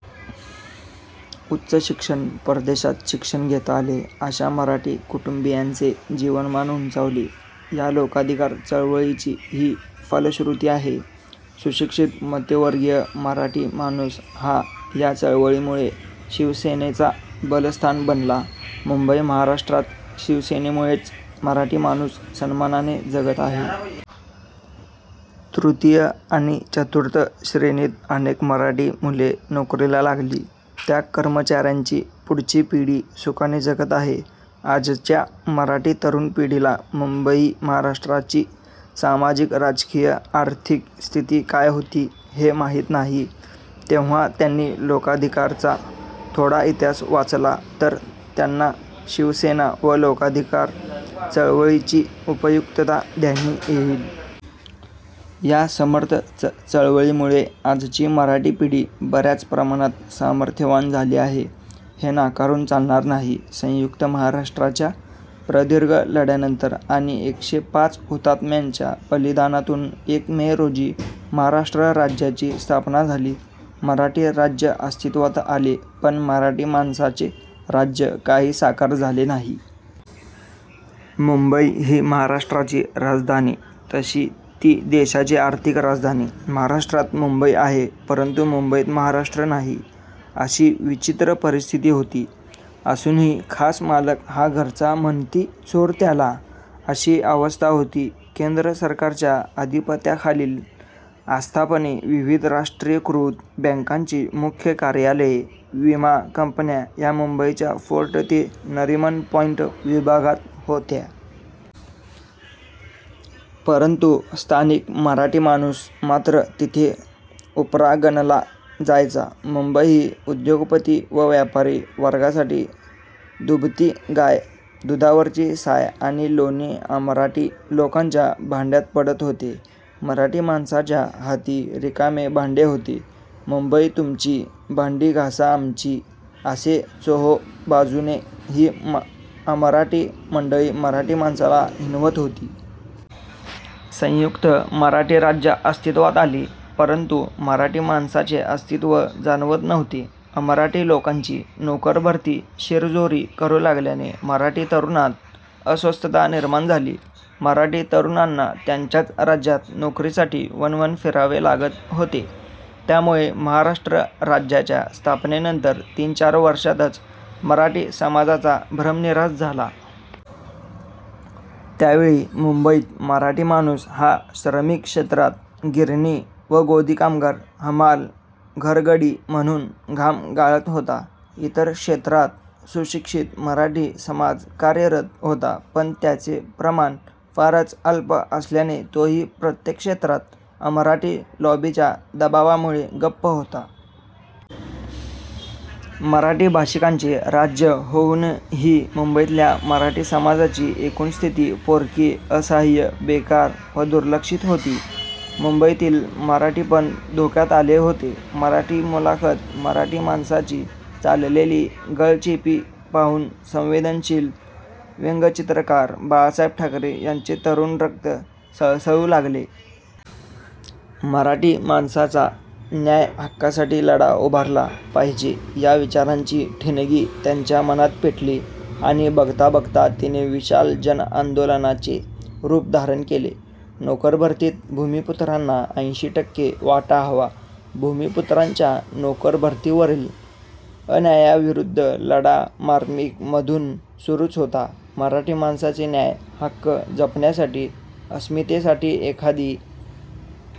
उच्च शिक्षण, परदेशात शिक्षण घेता आले. अशा मराठी कुटुंबीयांचे जीवनमान उंचावले. या लोकाधिकार चळवळीची ही फलश्रुती आहे. सुशिक्षित मध्यमवर्गीय मराठी माणूस हा या चळवळीमुळे शिवसेनेचा बलस्थान बनला. मुंबई महाराष्ट्रात शिवसेनेमुळेच मराठी माणूस सन्मानाने जगत आहे. तृतीय आणि चतुर्थ श्रेणीत अनेक मराठी मुले नोकरीला लागली, त्या कर्मचाऱ्यांची पुढची पिढी सुखाने जगत आहे. आजच्या मराठी तरुण पिढीला मुंबई महाराष्ट्राची सामाजिक राजकीय आर्थिक स्थिती काय होती हे माहित नाही, तेव्हा त्यांनी लोकाधिकारचा थोडा इतिहास वाचला तर, त्यांना शिवसेना व लोकाधिकार चळवळीची उपयुक्तता ध्यानी येईल. या समर्थ चळवळीमुळे आजची मराठी पिढी बऱ्याच प्रमाणात सामर्थ्यवान झाली आहे. हे नाकारून चालणार नाही. संयुक्त महाराष्ट्राच्या प्रदीर्घ लढ्यानंतर आणि एकशे पाच हुतात्म्यांच्या बलिदानातून एक मे रोजी महाराष्ट्र राज्याची स्थापना झाली. मराठी राज्य अस्तित्वात आले पण मराठी माणसाचे राज्य काही साकार झाले नाही. मुंबई ही महाराष्ट्राची राजधानी, तशी ती देशाची आर्थिक राजधानी. महाराष्ट्रात मुंबई आहे परंतु मुंबईत महाराष्ट्र नाही, अशी विचित्र परिस्थिती होती. असूनही खास मालक हा घरचा, म्हणती चोर त्याला, अशी अवस्था होती. केंद्र सरकारच्या अधिपत्याखालील आस्थापने, विविध राष्ट्रीयकृत बँकांची मुख्य कार्यालये, विमा कंपन्या या मुंबईच्या फोर्ट ते नरिमन पॉईंट विभागात होत्या. परंतु स्थानिक मराठी माणूस मात्र तिथे उपरा गणला जायचा, मुंबई ही उद्योगपती व व्यापारी वर्गासाठी दुभती गाय. दुधावरची साय आणि लोणी अमराठी लोकांच्या भांड्यात पडत होते. मराठी माणसाच्या हाती रिकामे भांडे होते. मुंबई तुमची, भांडी घासा आमची, असे चोहोबाजूने ही अमराठी मंडळी मराठी माणसाला हिणवत होती. संयुक्त मराठी राज्य अस्तित्वात आले परंतु मराठी माणसाचे अस्तित्व जाणवत नव्हते. अमराठी लोकांची नोकर भरती शिरजोरी करू लागल्याने मराठी तरुणांत अस्वस्थता निर्माण झाली. मराठी तरुणांना त्यांच्याच राज्यात नोकरीसाठी वणवण फिरावे लागत होते. त्यामुळे महाराष्ट्र राज्याच्या स्थापनेनंतर तीन चार वर्षातच मराठी समाजाचा भ्रमनिरास झाला. त्यावेळी मुंबईत मराठी माणूस हा श्रमिक क्षेत्रात, गिरणी व गोदी कामगार, हमाल, घरगडी म्हणून घाम गाळत होता. इतर क्षेत्रात सुशिक्षित मराठी समाज कार्यरत होता पण त्याचे प्रमाण फारच अल्प असल्याने तोही प्रत्येक क्षेत्रात अमराठी लॉबीच्या दबावामुळे गप्प होता. मराठी भाषिकांचे राज्य होऊनही मुंबईतल्या मराठी समाजाची एकूण स्थिती पोरकी, असहाय्य, बेकार व दुर्लक्षित होती. मुंबईतील मराठीपण धोक्यात आले होते. मराठी मुलखात मराठी माणसाची चाललेली गळचेपी पाहून संवेदनशील व्यंगचित्रकार बाळासाहेब ठाकरे यांचे तरुण रक्त सळसळू लागले. मराठी माणसाच्या न्याय हक्कासाठी लढा उभारला पाहिजे या विचारांची ठिणगी त्यांच्या मनात पेटली आणि बघता बघता तिने विशाल जनआंदोलनाचे रूप धारण केले. नोकरभरतीत भूमिपुत्रांना ऐंशी टक्के वाटा हवा. भूमिपुत्रांच्या नोकर भरतीवरील अन्यायाविरुद्ध लढा मार्मिक मधून सुरूच होता. मराठी माणसाचे न्याय हक्क जपण्यासाठी, अस्मितेसाठी एखादी